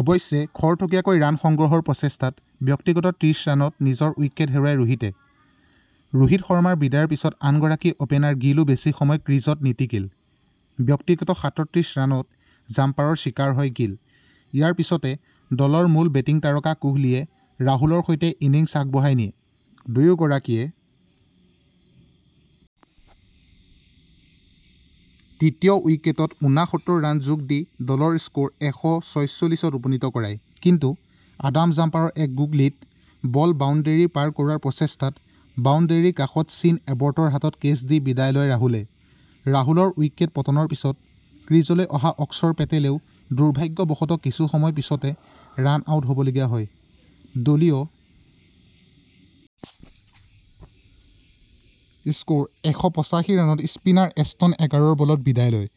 অৱশ্যে খৰতকীয়াকৈ ৰান সংগ্ৰহৰ প্ৰচেষ্টাত ব্যক্তিগত ত্ৰিছ ৰানত নিজৰ উইকেট হেৰুৱায় ৰোহিতে। ৰোহিত শৰ্মাৰ বিদায়ৰ পিছত আনগৰাকী অপেনাৰ গিলো বেছি সময় ক্ৰীজত নিটিকিল। ব্যক্তিগত সাতত্ৰিছ ৰানত জাম্পাৰ চিকাৰ হয়। গিল ইয়াৰ পিছতে দলৰ মূল বেটিং তাৰকা কোহলিয়ে ৰাহুলৰ সৈতে ইনিংছ আগবঢ়াই নিয়ে। দুয়োগৰাকীয়ে তৃতীয় উইকেটত উনাসত্তৰ ৰান যোগ দি দলৰ স্ক এশ ছয়চল্লিছত উপনীত কৰায়। কিন্তু আডাম জাম্পাৰ এক গুগলীত বল বাউণ্ডেৰীৰ পাৰ কৰোৱাৰ প্ৰচেষ্টাত বাউণ্ডেৰীৰ কাষত চিন এবটৰ হাতত কেচ দি বিদায় লয় ৰাহুলে। ৰাহুলৰ উইকেট পতনৰ পিছত ক্ৰীজলৈ অহা অক্ষৰ পেটেলেও দুৰ্ভাগ্যৱশত কিছুসময় পিছতে ৰান আউট হবলগীয়া হয়। দলীয় স্ক এশ পচাশী ৰানত স্পিনাৰ এষ্টন এগাৰৰ বলত বিদায় লয়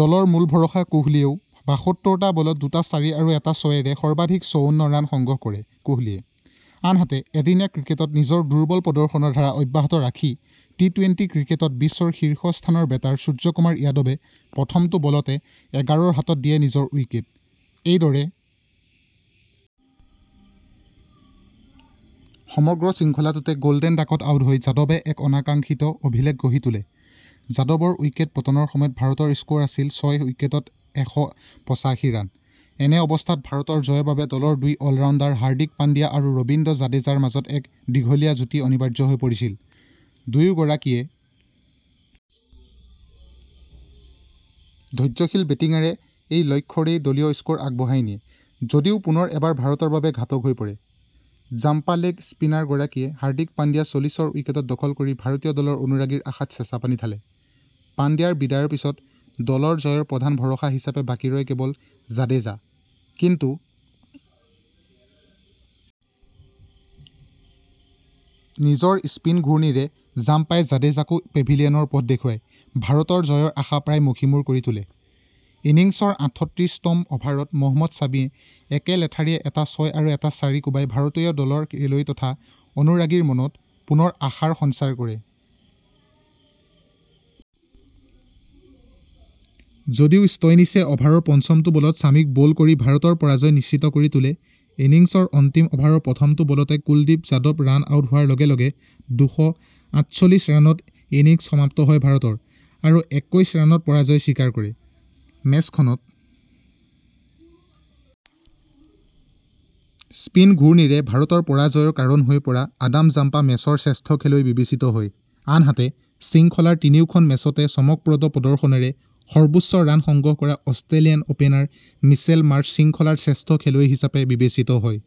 ।দলৰ মূল ভৰসা কোহলীয়েও বাসত্তৰটা বলত দুটা চাৰি আৰু এটা ছয়েৰে সৰ্বাধিক চৌৱন্ন ৰান সংগ্ৰহ কৰে কোহলীয়ে। আনহাতে এদিনীয়া ক্ৰিকেটত নিজৰ দুৰ্বল প্ৰদৰ্শনৰ ধাৰা অব্যাহত ৰাখি টি- টুৱেন্টি ক্ৰিকেটত বিশ্বৰ শীৰ্ষস্থানৰ বেটাৰ সূৰ্যকুমাৰ যাদৱে প্ৰথমটো বলতে এগাৰৰ হাতত দিয়ে নিজৰ উইকেট। এইদৰে সমগ্ৰ শৃংখলাটোতে গল্ডেন ডাকত আউট হৈ যাদৱে এক অনাকাংক্ষিত অভিলেখ গঢ়ি তোলে। যাদৱৰ উইকেট পতনৰ সময়ত ভাৰতৰ স্ক আছিল ছয় উইকেটত এশ পচাশী ৰান, এনে অৱস্থাত ভাৰতৰ জয়ৰ বাবে দলৰ দুই অলৰাউণ্ডাৰ হাৰ্দিক পাণ্ডিয়া আৰু ৰবীন্দ্ৰ জাদেজাৰ মাজত এক দীঘলীয়া যুটি অনিবাৰ্য হৈ পৰিছিল। দুয়োগৰাকীয়ে ধৈৰ্য্যশীল বেটিঙেৰে এই লক্ষ্যৰেই দলীয় স্ক আগবঢ়াই নিয়ে ।যদিও পুনৰ এবাৰ ভাৰতৰ বাবে ঘাতক হৈ পৰে। জাম্পালেগ স্পিনাৰ গৰাকীয়ে হাৰ্দিক পাণ্ডিয়া চল্লিছৰ উইকেট দখল কৰি ভাৰতীয় দলৰ অনুৰাগীৰ আশাত চেঁচাপানী ঢালে। পাণ্ডিয়াৰ বিদায়ৰ পিছত দলৰ জয়ৰ প্ৰধান ভৰসা হিচাপে বাকী ৰয় কেৱল জাদেজা। কিন্তু নিজৰ স্পীন ঘূৰ্ণীৰে জাম্পাই জাদেজাকো পেভিলিয়নৰ পথ দেখুৱাই ভাৰতৰ জয়ৰ আশা প্ৰায় মষিমূৰ কৰি তোলে। ইনিংছৰ আঠচল্লিশ তম অভাৰত মহম্মদ ছামিয়ে একে লেঠাৰিয়ে এটা ছয় আৰু এটা চাৰি কোবাই ভাৰতীয় দলৰ খেলুৱৈ তথা অনুৰাগীৰ মনত পুনৰ আশাৰ সঞ্চাৰ কৰে। যদিও ষ্টইনিছে অভাৰৰ পঞ্চমটো বলত ছামিক বল্ড কৰি ভাৰতৰ পৰাজয় নিশ্চিত কৰি তোলে। ইনিংছৰ অন্তিম অভাৰৰ প্ৰথমটো বলতে কুলদীপ যাদৱ ৰান আউট হোৱাৰ লগ লগে দুশ আঠচল্লিশ ৰানত ইনিংছ সমাপ্ত হয় ভাৰতৰ আৰু একৈছ ৰানত পৰাজয় স্বীকাৰ কৰে। মেচখনত স্পীন ঘূৰ্ণীৰে ভাৰতৰ পৰাজয়ৰ কাৰণ হৈ পৰা আডাম জাম্পা মেচৰ শ্ৰেষ্ঠ খেলুৱৈ বিবেচিত হয়। আনহাতে শৃংখলাৰ তিনিওখন মেচতে চমকপ্ৰদ প্ৰদৰ্শনেৰে সৰ্বোচ্চ ৰান সংগ্ৰহ কৰা অষ্ট্ৰেলিয়ান অপেনাৰ মিচেল মাৰ্শ্ব শৃংখলাৰ শ্ৰেষ্ঠ খেলুৱৈ হিচাপে বিবেচিত হয়।